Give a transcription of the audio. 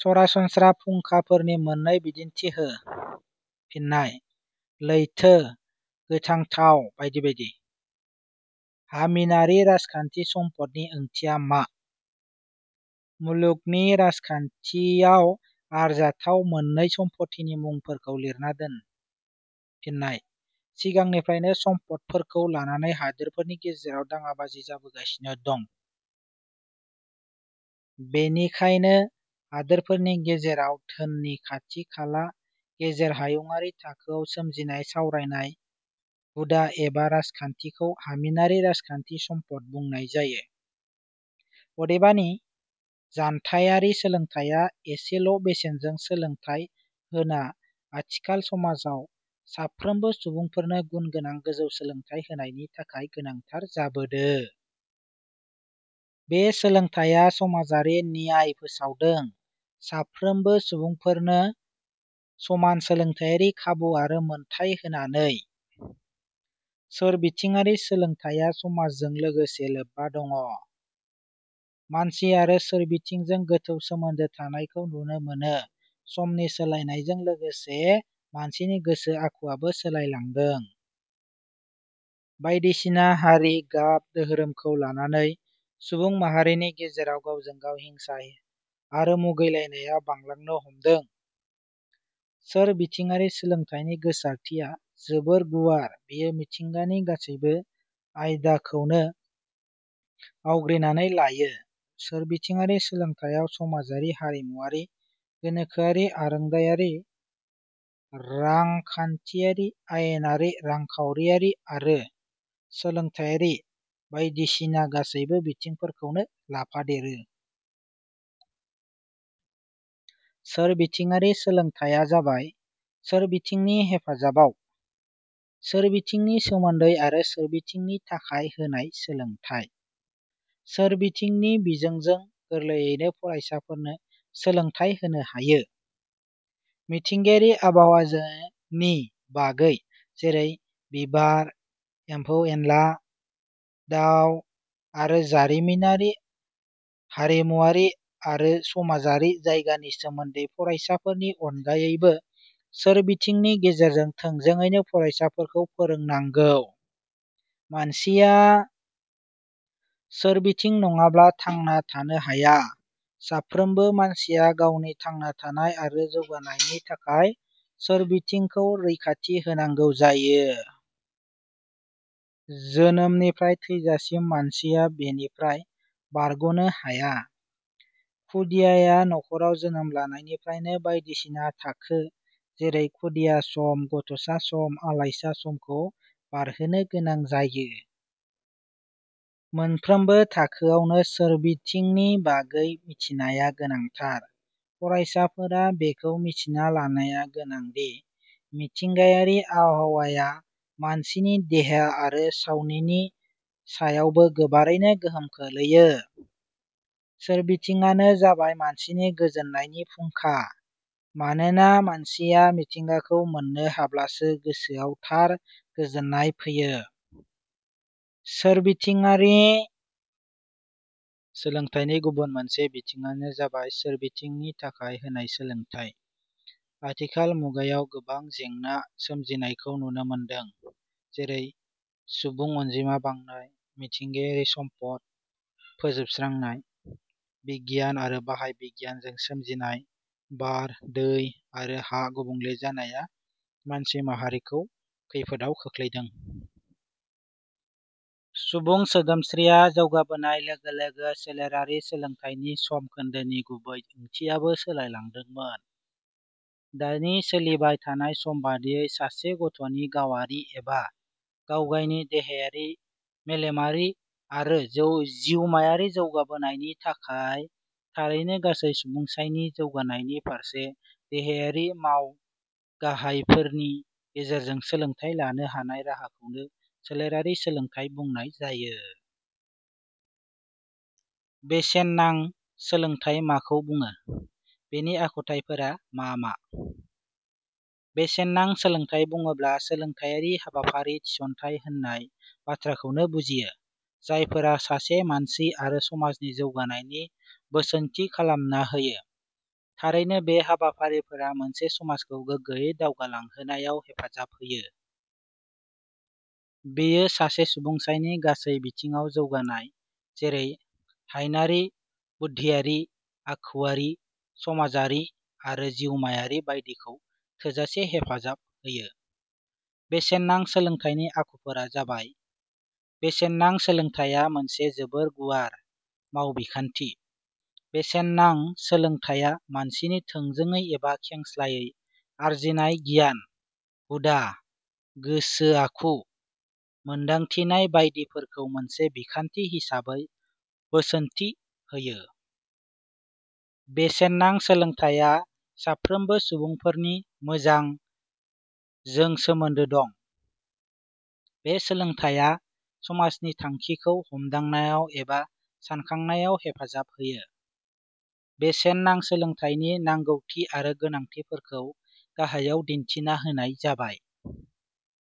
सरासनस्रा फुंखाफोरनि मोननै बिदिन्थि हो। फिन्नाय: लैथो, गोथां थाव बायदि बायदि। हामिनारि राजखान्थि सम्पदनि ओंथिया मा? मुलुगनि राजखान्थियाव आरजाथाव मोननै सम्फथिनि मुंफोरखौ लिरना दोन। फिन्नाय: सिगांनिफ्रायनो सम्फदफोरखौ लानानै हादोरफोरनि गेजेराव दाङाबाजि जाबोगासिनो दं। बेनिखायनो, हादोरफोरनि गेजेराव धोननि खाथि खाला गेजेर हायुंआरि थाखोआव सोमजिनाय सावरायनाय, हुदा एबा राजखान्थिखौ हामिनारि राजखान्थि सम्पद बुंनाय जायो। अदेबानि, जानथाइयारि सोलोंथाइया एसेल' बेसेनजों सोलोंथाइ होना आथिखाल समाजाव साफ्रोमबो सुबुंफोरनो गुन गोनां गोजौ सोलोंथाइ होनायनि थाखाय गोनांथार जाबोदो। बे सोलोंथाइया समाजारि न्याय फोसावदों साफ्रोमबो सुबुंफोरनो समान सोलोंथाइयारि खाबु आरो मोनथाइ होनानै। सोरबिथिङारि सोलोंथाइया समाजजों लोगोसे लोब्बा दं। मानसि आरो सोरबिथिंजों गोथौ सोमोन्दो थानायखौ नुनो मोनो समनि सोलायनायजों लोगोसे मानसिनि गोसो आखुवाबो सोलायलांदों। बायदिसिना हारि, गाब, दोहोरोमखौ लानानै सुबुं माहारिनि गेजेराव गावजों गाव हिंसा आरो मुगैलायनाया बांलांनो हमदों।: सोरबिथिङारि सोलोंथाइनि गोसारथिया जोबोर गुवार बेयो मिथिंगानि गासैबो आइदाखौनो आवग्रिनानै लायो। सोरबिथिङारि सोलोंथाइयाव समाजारि, हारिमुवारि, गोनोखोआरि, ओरोंदायारि, रांखान्थियारि, आयेनारि, रांखाउरियारि आरो सोलोंथाइयारि बाइदिसिना गासैबो बिथिंफोरखौनो लाफादेरो। सोरबिथिङारि सोलोंथाइया जाबाय सोरबिथिंनि हेफाजाबाव, सोरबिथिंनि सोमोन्दै आरो सोरबिथिंनि थाखाय होनाय सोलोंथाइ।. सोरबिथिंनि बिजोंजों गोरलैयैनो फरायसाफोरनो सोलोंथाइ होनो हायो। मिथिंगायारि आबहावानि बागै जेरै- बिबार, एम्फौ एनला, दाउ आरो जारिमिनारि, हारिमुवारि आरो समाजारि जायगानि सोमोन्दै फरायसाफोरनि अनगायैबो सोरबिथिंनि गेजेरजों थोंजोडैनो फरायसाफोरखौ फोरोंनांगौ।.मानसिया सोरबिथिं नङाब्ला थांना थानो हाया। साफ्रोमबो मानसिया गावनि थांना थानाय आरो जौगानायनि थाखाय सोरबिथिंखौ रैखाथि होनांगौ जायो। जोनोमनिफ्राय थैजासिम मानसिया बेनिफ्राय बारग 'नो हाया। खुदियाआ नख'राव जोनोम लानायनिफ्रायनो बायदिसिना थाखो जेरै खुदिया सम, गथ'सा सम, आलायसा समखौ बारहोनो गोनां जायो। मोनफ्रोमबो थाखोआवनो सोरबिथिंनि बागै मिथिनाया. गोनांथार। फ़रायसाफोरा बेखौ मिथिना लानाया गोनांदि मिथिंगायारि आबहावाया मानसिनि देहा आरो सावनिनि सायावबो गोबारैनो गोहोम खोलैयो। सोरबिथिङानो जाबाय मानसिनि गोजोननायनि फुंखा। मानोना मानसिया मिथिंगाखौ मोननो हाब्लासो गोसोआव थार गोजोननाय फैयो।.सोरबिथिङारि सोलोंथाइनि गुबुन मोनसे बिथिङानो जाबाय सोरबिथिंनि थाखाय होनाय सोलोंथाइ। आथिखाल मुगायाव गोबां जेंना सोमजिनायखौ नुनो मोनदों, जेरै- सुबुं अनजिमा बांनाय, मिथिंगायारि सम्पद फोजोब स्रांनाय, बिगियान आरो बाहाय बिगियानजों सोमजिनाय बार, दै आरो हा गुबुंले जानाया मानसि माहारिखौ खैफोदाव खोख्लैदों। सुबुं सोदोमस्रिया जौगाबोनाय लोगो लोगो सोलेरारि सोलोंथाइनि सम खोन्दोनि गुबै ओंथियाबो सोलायलादोंमोन। दानि सोलिबाय थानाय सम बादियै सासे गथनि गावआरि एबा गावगायनि देहायारि, मेलेमारि आरो जौ जिउमायारि जौगाबोनायनि थाखाय थारैनो गासै सुबुंसाइनि जौगानायनि फारसे देहायारि माव गाहायफोरनि गेजेरजों सोलोंथाइ लानो हानाय राहाखौनो सोलेरारि सोलोंथाइ बुंनाय जायो। बेसेननां सोलोंथाइ माखौ बुङो? बेनि आखुथाइफोरा मा मा?: बेसेननां सोलोंथाइ बुङोब्ला सोलोंथाइयारि हाबाफारि थिसनथाइ होननाय बाथ्राखौ बुजियो जायफोरा सासे मानसि आरो समाजनि जौगानायनि बोसोनथि खालामना होयो। थारैनो बे हाबाफारिफोरा मोनसे समाजखौ गोग्गोयै दावगालांहोनायाव हेफाजाब होयो। बेयो सासे सुबुंसाइनि गासै बिथिङाव जौगानाय जेरै- हायनारि, बुद्धियारि, आखुवारि, समाजारि आरो जिउमायारि बायदिखौ थोजासे हेफाजाब होयो। बेसेननां सोलोंथाइनि आखुफोरा जाबाय: बेसेननां सोलोंथाइया मोनसे जोबोर गुवार माव बिखान्थि। बेसेननां सोलोंथाइया मानसिनि थोंजोंयै एबा खेंस्लायै आरजिनाय गियान, हुदा, गोसो आखु, मोन्दांथिनाय बायदि फोरखौ मोनसे बिखान्थि हिसाबै बोसोनथि होयो। बेसेननां सोलोंथाइया साफ्रोमबो सुबुंफोरनि 'मोजां' जों सोमोन्दो दं। बे सोलोंथाइया समाजनि थांखिखौ हमदांनायाव एबा सानखांनायाव हेफाजाब होयो।: बेसेननां सोलोंथाइनि नांगौथि आरो गोनांथिफोरखौ गाहायाव दिन्थिना होनाय जाबाय:।